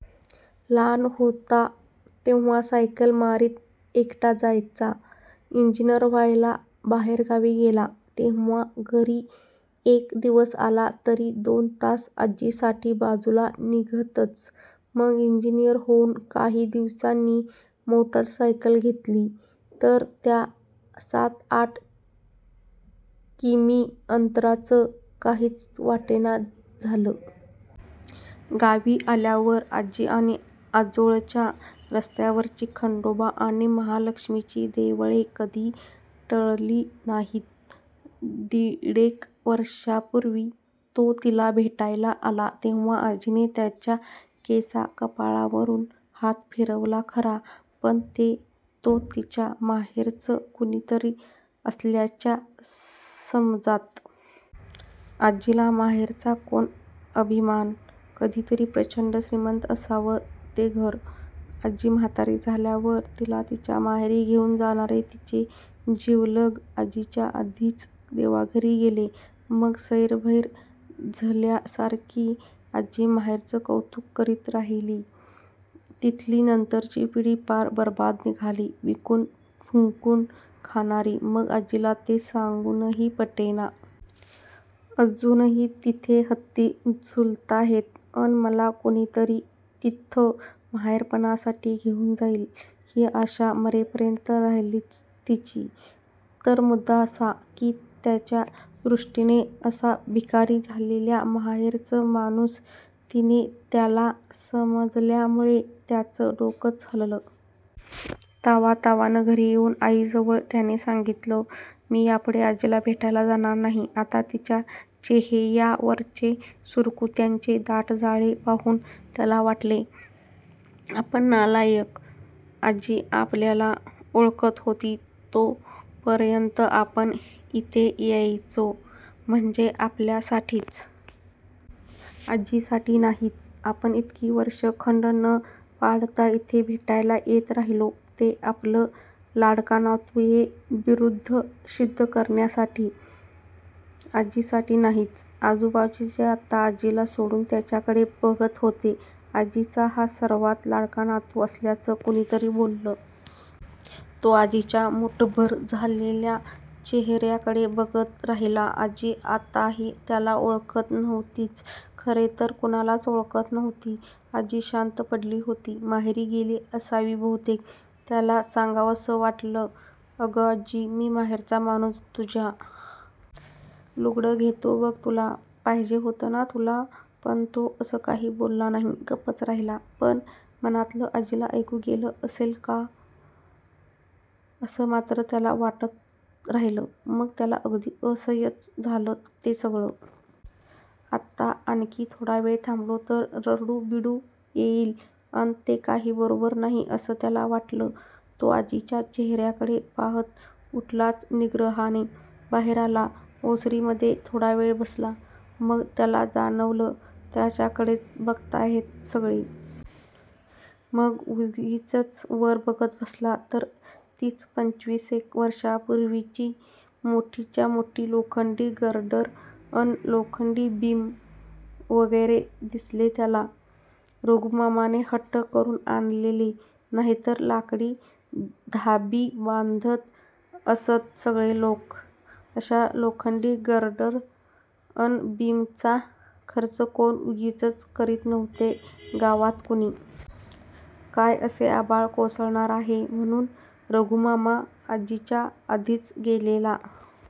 लहान होता तेव्हा सायकल मारीत एकटा जायचा. इंजिनियर व्हायला बाहेरगावी गेला, तेव्हा घरी एक दिवस आला तरी दोन तास आजीसाठी बाजूला निघतच. मग इंजिनियर होऊन काही दिवसांनी मोटरसायकल घेतली, तर त्या सात-आठ किमी अंतराचं काहीच वाटेना झालं. गावी आल्यावर आजी आणि आजोळच्या रस्त्यावरची खंडोबा आणि महाल़क्ष्मीची देवळे कधी टळली नाहीत. दीडेक वर्षापूर्वी, तो तिला भेटायला आला, तेव्हा आजीने त्याच्या केसा-कपाळावरून हात फिरवला खरा, पण ते तो तिच्या 'माहेरचं' कुणीतरी असल्याच्या समजात. आजीला माहेरचा कोण अभिमान. कधीतरी प्रचंड श्रीमंत असावं ते घर. आजी म्हातारी झाल्यावर तिला तिच्या माहेरी घेऊन जाणारे तिचे जिवलग आजीच्या आधीच देवाघरी गेले. मग सैरभैर झल्यासारखी आजी माहेरचं कौतूक करीत राहिली. तिथली नंतरची पिढी पार बरबाद निघाली- विकून फुंकून खाणारी, पण आजीला ते सांगूनही पटेना. अजूनही तिथे हत्ती झुलताहेत, अन मला कुणीतरी तिथं 'माहेरपणासाठी' घेऊन जाईल- ही आशा मरेपर्यंत राहिलीच तिची. तर मुद्दा असा, की त्याच्या दृष्टीने अशा भिकारी झालेल्या माहेरचं माणूस तिने त्याला समजल्यामूळे त्याचं डोकंच हललं. तावातावानं घरी येऊन आईजवळ त्याने सांगितलं, मी यापूढे आजीला भेटायला जाणार नाही..! आता तिच्या चेहेयावरचे सुरकुत्यांचे दाट जाळे पाहून त्याला वाटले, आपण नालायक. आजी आपल्याला 'ओळखत' होती तो पर्यंत आपण इथे यायचो. म्हणजे आपल्यासाठीच. आजीसाठी नाहीच! आपण इतकी वर्षे खंड न पाडता इथे भेटायला येत राहिलो, ते आपलं 'लाडका नातू' हे बिरूद सिध्द करण्यासाठी. आजीसाठी नाहीच!! आजूबाजूचे आता आजीला सोडून त्याच्याकडे बघत होते. आजीचा हा सर्वांत लाडका नातू असल्याचं कुणीतरी बोललं. तो आजीच्या मुठभर झालेया चेहेर्याकडे बघत राहिला. आजी आताही त्याला ओळखत नव्हतीच. खरे तर कुणालाच ओळखत नव्हती. आजी शांत पडली होती. माहेरी गेली असावी बहूतेक. त्याला सांगावसं वाटलं, अगं आज्जी, मी माहेरचा माणूस तुझ्या. लुगडं घेतो बघ तुला. पाहिजे होतं ना तुला? पण तो असं काही बोलला नाही. गप्पच राहिला. पण मनातलं आजीला ऐकू गेलं असेल का, असं मात्र त्याला वाटत राहिलं. मग त्याला अगदी असह्यच झालं ते सगळं. आता आणखी थॊडा वेळ थांबलो, तर रडू-बिडू येईल, अन ते काही बरोबर नाही असं त्याला वाटलं. तो आजीच्या चेहेर्याकडे पाहत उठलाच निग्रहाने. बाहेर आला. ओसरीमध्ये थोडावेळ बसला. पण त्याला जाणवलं, त्याच्याकडेच बघताहेत सगळे. मग उगीचच वर बघत बसला. तर तीच पंचवीसेक वर्षापूर्वीची मोठीच्या मोठी लोखंडी गर्डर अन लोखंडी बीम वगैरे दिसले त्याला. रघूमामाने हट्ट करून आणलेले. नाहीतर लाकडी धाबी बांधत असत सगळे लोक. असा लोखंडी गर्डर अन बीमचा खर्च कोण उगीचच करीत नव्हते गावात कुणी. काय असे आभाळ कोसळणार आहे, म्हणून. रघूमामा. आजीच्या आधीच गेलेला.